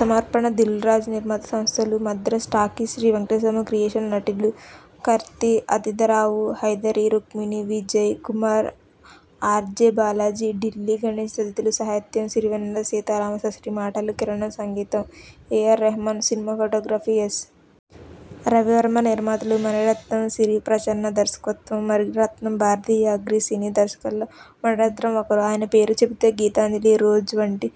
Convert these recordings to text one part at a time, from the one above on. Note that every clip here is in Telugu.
సమర్పణ- దిల్రాజు నిర్మాణ సంస్థలు- మద్రాస్ టాకీస్, శ్రీ వెంకటేశ్వర క్రియేషన్స్ నటినటులు- కార్తీ, అదితిరావు హైదరీ, రుక్మిణి విజయ్ కుమార్, ఆర్. జె. బాలాజీ, ఢిల్లీ గణేష్ తదితరులు సాహిత్యం- సిరివెన్నెల సీతారామశాస్త్రి మాటలు- కిరణ్ సంగీతం- A. R. Rahman cinematography- S. Ravi Varma నిర్మాతలు- మణిరత్నం, శిరీష్రచన, దర్శకత్వం- మణిరత్నం భారతీయ అగ్ర సినీ దర్శకుల్లో మణిరత్నం ఒకరు. ఆయన పేరు చెబితే గీతాంజలి, రోజా వంటి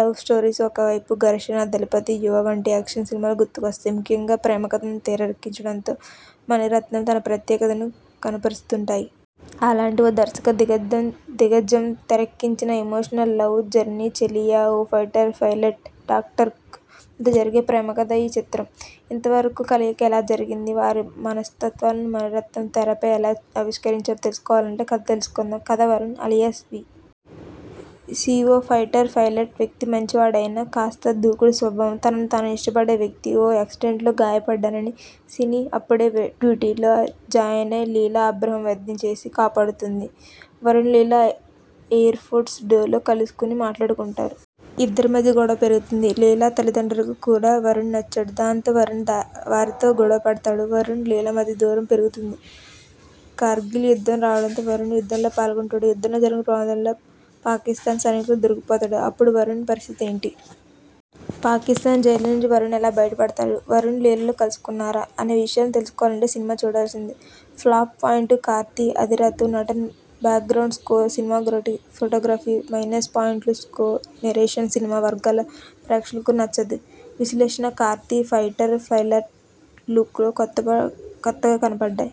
లవ్ స్టోరీస్ ఒకవైపు ఘర్షణ, దళపతి, యువ వంటి యాక్షన్ సినిమాలు గుర్తుకు వస్తాయి. ముఖ్యంగా ప్రేమకథలను తెరకెక్కించడంలో మణిరత్నం తన ప్రత్యేకతను కనపరుస్తుంటారు. అలాంటి ఓ దర్శక దిగ్గజం తెరకెక్కించిన ఎమోషనల్ లవ్ జర్నీ చెలియా. ఓ ఫైటర్ ఫైలట్కు, డాక్టర్కు మధ్య జరిగే ప్రేమ కథే ఈ చిత్రం. ఇంతకు వారి కలయిక ఎలా జరిగింది. వారి మనస్తత్వాలను మణిరత్నం తెరపై ఎలా ఆవిష్కరించారో తెలుసుకోవాలంటే కథ తెలుసుకుందాం కథ- వరుణ్ అలియాస్ వి. సి ఓ ఫైటర్ ఫైలైట్. వ్యక్తి మంచివాడే అయినా, కాస్తా దూకుడు స్వభావం. తనను తాను ఇష్టపడే వ్యక్తి. ఓ యాక్సిడెంట్లో గాయపడ్డవి. సిని అప్పుడే డ్యూటీలో జాయిన్ అయిన లీలా అబ్రహం వైద్యం చేసి కాపాడుతుంది. వరుణ్, లీలా ఎయిర్ఫోర్స్ డేలో కలుసుకుని మాట్లాడుకుంటారు. ఇద్దరి మధ్య గొడవ పెరుగుతుంది. లీలా తల్లిదండ్రులకు కూడా వరుణ్ నచ్చడు. దాంతో వరుణ్ వారితో గొడవపడతాడు. వరుణ్, లీలా మధ్య దూరం పెరుగుతుంది. కార్గిల్ యుద్ధం రావడంతో వరుణ్ యుద్ధంలో పాల్గొంటాడు. యుద్ధంలో జరిగిన ప్రమాదంలో పాకిస్థాన్ సైనికులకు దొరికిపోతాడు. అప్పుడు వరుణ్ పరిస్థితేంటి? పాకిస్థాన్ జైలు నుండి వరుణ్ ఎలా భయటపడ్డాడు? వరుణ్, లీలాలు కలుసుకున్నారా? అనే విషయాలు తెలుసుకోవాలంటే సినిమా చూడాల్సిందే ప్లస్ పాయింట్స్ కార్తీ, అదితిరావు నటన background score, cinematography minus points slow narration cinema అన్ని వర్గాల ప్రేక్షకులకు నచ్చదు విశ్లేషణ కార్తీ ఫైటర్ ఫైలట్ లుక్లో కొత్తగా కనపడ్డాడు.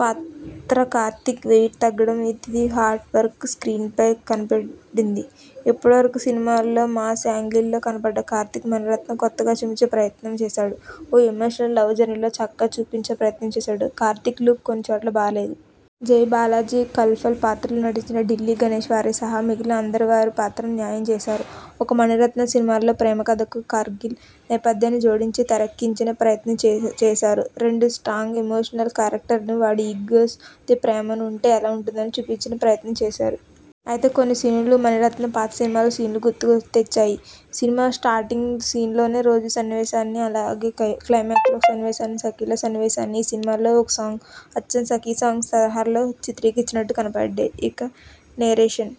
పాత్ర కార్తీ వెయిట్ తగ్గడం ఇత్యాది హార్డ్ వర్క్ స్క్రీన్ పై కనపడింది. ఇప్పటి వరకు సినిమాల్లో మాస్ యాంగిల్లో కనపడ్డ కార్తీని మణిరత్నం కొత్తగా చూపించే ప్రయత్నం చేశాడు. ఓ ఎమోషనల్ లవ్ జర్నీలో చక్కగా చూపించే ప్రయత్నం చేశాడు. కార్తీ లుక్స్ కొన్ని చోట్ల బాగాలేవు. జె. బాలాజీ, కల్నల్ పాత్రలో నటించి ఢిల్లీ గణేష్ వారి సహా మిగిలిన అందరూ వారి వారి పాత్రలకు న్యాయం చేశారు. ఒక మణిరత్నం సినిమాలో ప్రేమకథకు, కార్గిల్ నేపథ్యాన్ని జోడించి తెరకెక్కించే ప్రయత్నం చేశారు. రెండు స్ట్రాంగ్ ఎమోషనల్ క్యారెక్టర్స్, వాటి ఈగోస్ మధ్య ప్రేమ ఉంటే అది ఎలా ఉంటుందనేది చూపించే ప్రయత్నం చేశారు. అయితే కొన్ని సీన్స్ మణిరత్నం పాత సినిమాల్లోని సీన్స్ను గుర్తుకు తెస్తాయి. సినిమా స్టార్టింగ్ సీన్ రోజాలో సన్నివేశాన్ని, అలాగే క్లైమాక్స్లో ఓ సన్నివేశం సఖిలో సన్నివేశాన్ని, ఈ సినిమాలోని ఓ సాంగ్ అచ్చం సఖి సాంగ్ తరహాలో చిత్రీకరించినట్టు కనపడతాయి. ఇక నెరేషన్